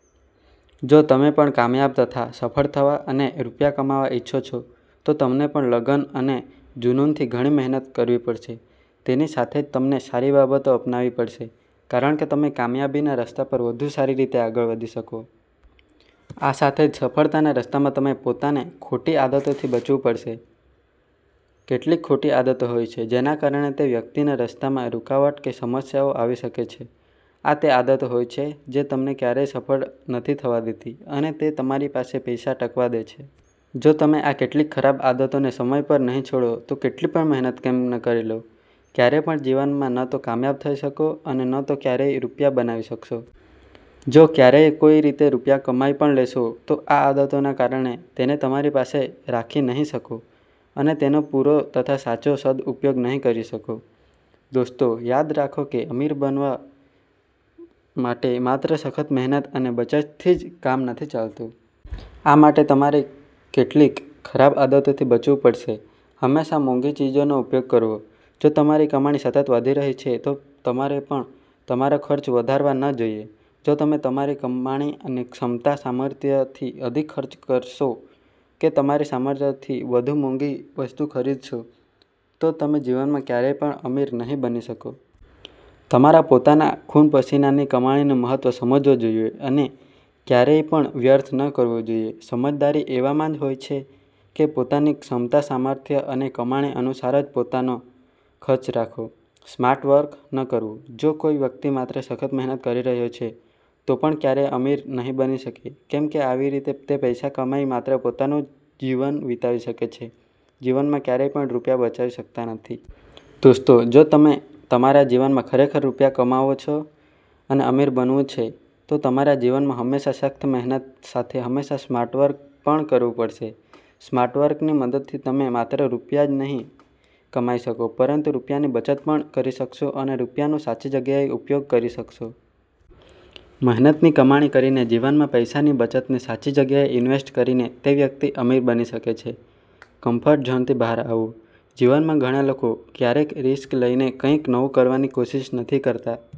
જો તમે પણ કામયાબ તથા સફળ થવા અને રૂપિયા કમાવવા ઇચ્છો છો તો તમને પણ લગન અને જુનુનથી ઘણી મહેનત કરવી પડશે. તેની સાથે જ તમને સારી બાબતો અપનાવી પડશે. કારણ કે તમે કામયાબીના રસ્તા પર વધુ સારી રીતે આગળ વધી શકો. આ સાથે જ સફળતાના રસ્તામાં તમે પોતાને ખોટી આદતોથી બચવું પડે છે. કેટલીક ખોટી આદતો હોય છે, જેના કારણે તે વ્યકિતના રસ્તામાં રૂકાવટ કે સમસ્યાઓ આવી શકે છે. આ તે આદતો હોય છે જે તમને કયારેક સફળ નથી થવા દેતી અને તે તમારી પાસે પૈસા ટકવા દે છે. જો તમે આ કેટલીક ખરાબ આદતોને સમય પર નહીં છોડો તો કેટલી પણ મહેનત કેમ ન કરી લો, કયારેય પણ જીવનમાં ન તો કામયાબ થઇ શકો અને ન તો કયારેય રૂપિયા બનાવી શકશો. જો કયારેય કોઇ રીત રૂપિયા કમાઇ પણ લેશો તો આ આદતોના કારણે તેને તમારી પાસે રાખી નહીં શકો અને તેનો પુરો તથા સાચો સદપયોગ નહીં કરી શકો. દોસ્તો યાદ રાખો કે અમીર બનાવવા માટે માત્ર સખ્ત મહેનત અને બચતથી જ કામ નથી ચાલતું. આ માટે તમારે કેટલીક ખરાબ આદતોથી બચવુ પડશે. હંમેશા મોંઘી ચીજોનો ઉપયોગ કરવો:જો તમારી કમાણી સતત વધી રહી છે તો પણ તમારે તમારા ખર્ચ વધારવા ન જોઇએ. જો તમે તમારી કમાણી અને ક્ષમતા-સામર્થ્યથી અધિક ખર્ચ કરશો કે તમારા સામર્થ્યથી વધુ મોંઘી વસ્તુ ખરીદશો તો તમે જીવનમાં કયારેય પણ અમીર નહીં બની શકો. તમારા પોતાના ખુન-પસીનાની કમાણીનું મહત્વ સમજવું જોઇએ અને કયારેય પણ વ્યર્થ ન કરવું જોઇએ. સમજદારી એવામાં જ હોય છે કે પોતાની ક્ષમતા-સામર્થ્ય અને કમાણી અનુસાર જ પોતાના ખર્ચ રાખો. સ્માર્ટ વર્ક ન કરવું: જો કોઇ વ્યકિત માત્ર સખ્ત મહેનત કરી રહયો છે તો પણ કયારેય અમીર નહીં બની શકે, કેમ કે આવી રીતે તે પૈસા કમાઇ માત્ર પોતાનું જીવન વીતાવી શકે છે, જીવનમાં કયારેય પણ રૂપિયા બચાવી શકતા નથી. દોસ્તો જો તમે તમારા જીવનમાં ખરેખર રૂપિયા કમાવા છે અને અમીર બનવું છે તો તમારા જીવનમાં હંમેશા સખ્ત મહેનતથી સાથે હંમેશા સ્માર્ટ વર્ક પણ કરવું પડશે. સ્માર્ટ વર્કની મદદથી તમે માત્ર રૂપિયા જ નહીં કમાઇ શકો, પરંતુ રૂપિયાની બચત પણ કરી શકશો અને રૂપિયાનું સાચી જગ્યાએ ઉપયોગ કરી શકશો. મહેનતની કમાણી કરીને જીવનમાં પૈસાની બચતને સાચી જગ્યાએ ઇન્વેસ્ટ કરીને તે વ્યકિત અમીર બની શકે છે. કંફર્ટ ઝોનથી બહાર આવવું: જીવનમાં ઘણા લોકો કયારેક રીસ્ક લઇને કંઇક નવું કરવાની કોશિષ નથી કરતા.